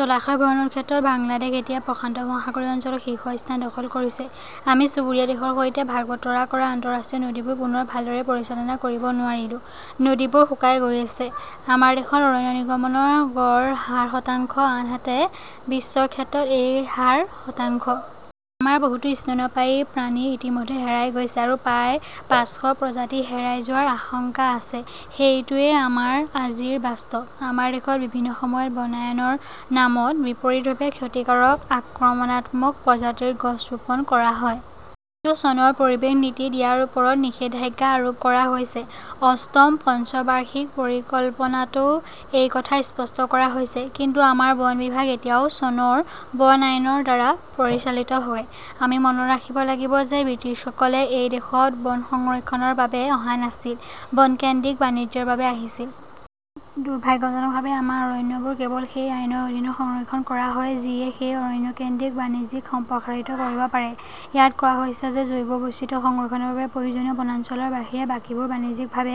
জলাশয় ভৰণৰ ক্ষেত্ৰত বাংলাদেশ এছিয়া-প্ৰশান্ত মহাসাগৰীয় অঞ্চলত শীৰ্ষস্থান দখল কৰিছে। আমি চুবুৰীয়া দেশৰ সৈতে ভাগ বতৰা কৰা আন্তঃৰাষ্ট্ৰীয় নদীবোৰ পুনৰ ভালদৰে পৰিচালনা কৰিব নোৱাৰিলো। নদীবোৰ শুকাই গৈ আছে। আমাৰ দেশত অৰণ্য নিৰ্গমনৰ গড় হাৰ শতাংশ, আনহাতে বিশ্বৰ ক্ষেত্ৰত এই হাৰ শতাংশ। আমাৰ বহুতো স্তন্যপায়ী প্ৰাণী ইতিমধ্যে হেৰাই গৈছে। আৰু প্ৰায় পাঁচশ প্ৰজাতি হেৰাই যোৱাৰ আশংকা আছে। সেইটোৱেই আমাৰ আজিৰ বাস্তৱ। আমাৰ দেশত বিভিন্ন সময়ত বনায়নৰ নামত বিপৰীতভাৱে ক্ষতিকাৰক আক্ৰমণাত্মক প্ৰজাতিৰ গছ ৰোপণ কৰা হয়। কিন্তু চনৰ পৰিৱেশ নীতিত ইয়াৰ ওপৰত নিষেধাজ্ঞা আৰোপ কৰা হৈছে। অষ্টম পঞ্চবাৰ্ষিক পৰিকল্পনাতও এই কথা স্পষ্ট কৰা হৈছে। কিন্তু আমাৰ বন বিভাগ এতিয়াও চনৰ বন আইনৰ দ্বাৰা পৰিচালিত হয়। আমি মনত ৰাখিব লাগিব যে ব্ৰিটিছসকলে এই দেশত বন সংৰক্ষণৰ বাবে অহা নাছিল, বন-কেন্দ্ৰিক বাণিজ্যৰ বাবে আহিছিল। দুৰ্ভাগ্যজনকভাৱে, আমাৰ অৰণ্যবোৰ কেৱল সেই আইনৰ অধীনত সংৰক্ষণ কৰা হয় যিয়ে সেই অৰণ্য-কেন্দ্ৰিক বাণিজ্যক সম্প্ৰসাৰিত কৰিব পাৰে। ইয়াত কোৱা হৈছে যে জৈৱ বৈচিত্ৰ্য সংৰক্ষণৰ বাবে প্ৰয়োজনীয় বনাঞ্চলৰ বাহিৰে বাকীবোৰ বাণিজ্যিকভাৱে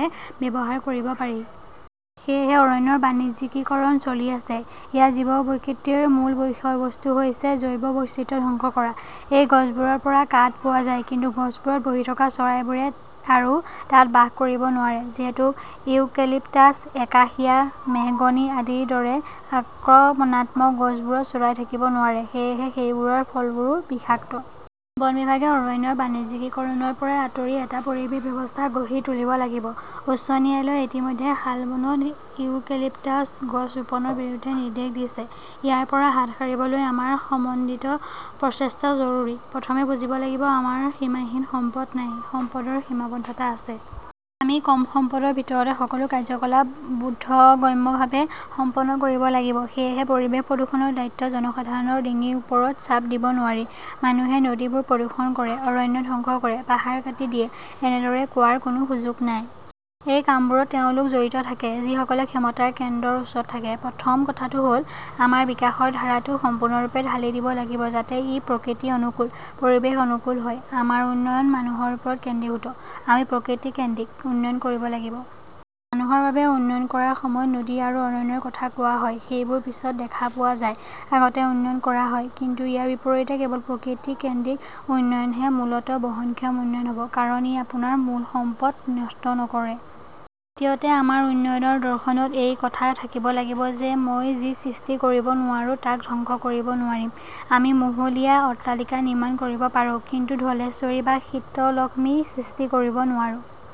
ব্যৱহাৰ কৰিব পাৰি। সেয়েহে, অৰণ্যৰ বাণিজ্যিকীকৰণ চলি আছে। ইয়াত জীৱ-প্ৰকৃতিৰ মূল বিষয়বস্তু হৈছে জৈৱ বৈচিত্ৰ্য ধ্বংস কৰা। এই গছবোৰৰ পৰা কাঠ পোৱা যায়; কিন্তু গছবোৰত বহি থকা চৰাইবোৰে আৰু তাত বাস কৰিব নোৱাৰে। যিহেতু ইউকেলিপ্টাছ, একাসিয়া, মেহগনি আদিৰ দৰে আক্ৰমণাত্মক গছবোৰত চৰাই থাকিব নোৱাৰে, সেয়েহে সেইবোৰৰ ফলবোৰো বিষাক্ত। বন বিভাগে অৰণ্যৰ বাণিজ্যিকীকৰণৰ পৰা আঁতৰি এটা পৰিৱেশ ব্যৱস্থা গঢ়ি তুলিব লাগিব। উচ্চ ন্যায়ালয়ে ইতিমধ্যে শালবনত ইউকেলিপ্টাছ গছ ৰোপণৰ বিৰুদ্ধে নিৰ্দেশ দিছে। ইয়াৰ পৰা হাত সাৰিবলৈ আমাৰ সমন্বিত প্ৰচেষ্টা জৰুৰী। প্ৰথমে বুজিব লাগিব-আমাৰ সীমাহীন সম্পদ নাই, সম্পদৰ সীমাবদ্ধতা আছে। আমি কম সম্পদৰ ভিতৰতে সকলো কাৰ্যকলাপ বোধগম্যভাৱে সম্পন্ন কৰিব লাগিব। সেয়েহে পৰিৱেশ প্ৰদূষণৰ দায়িত্ব জনসাধাৰণৰ ডিঙিৰ ওপৰত চাপ দিব নোৱাৰি। মানুহে নদীবোৰ প্ৰদূষণ কৰে, অৰণ্য ধ্বংস কৰে, পাহাৰ কাটি দিয়ে-এনেদৰে কোৱাৰ কোনো সুযোগ নাই। এই কামবোৰত তেওঁলোক জড়িত থাকে, যিসকলে ক্ষমতাৰ কেন্দ্ৰৰ ওচৰত থাকে। প্ৰথম কথাটো হ 'ল-আমাৰ বিকাশৰ ধাৰাটো সম্পূৰ্ণৰূপে ঢালি দিব লাগিব, যাতে ই প্ৰকৃতি অনুকূল, পৰিৱেশ-অনুকূল হয়। আমাৰ উন্নয়ন মানুহৰ ওপৰত কেন্দ্ৰীভূত। আমি প্ৰকৃতি-কেন্দ্ৰিক উন্নয়ন কৰিব লাগিব। মানুহৰ বাবে উন্নয়ন কৰাৰ সময়ত নদী আৰু অৰণ্যৰ কথা কোৱা হয়-সেইবোৰ পিছত দেখা পোৱা যায়, আগতে উন্নয়ন কৰা হয়। কিন্তু ইয়াৰ বিপৰীতে, কেৱল প্ৰকৃতি-কেন্দ্ৰিক উন্নয়নহে মূলতঃ বহনক্ষম উন্নয়ন হ 'ব। কাৰণ ই আপোনাৰ মূল সম্পদ নষ্ট নকৰে। দ্বিতীয়তে, আমাৰ উন্নয়নৰ দৰ্শনত এই কথা থাকিব লাগিব যে মই যি সৃষ্টি কৰিব নোৱাৰো তাক ধ্বংস কৰিব নোৱাৰিম। আমি মহলীয়া অট্টালিকা নিৰ্মাণ কৰিব পাৰোঁ; কিন্তু ধলেশ্বৰী বা শীতলক্ষ্মী সৃষ্টি কৰিব নোৱাৰোঁ।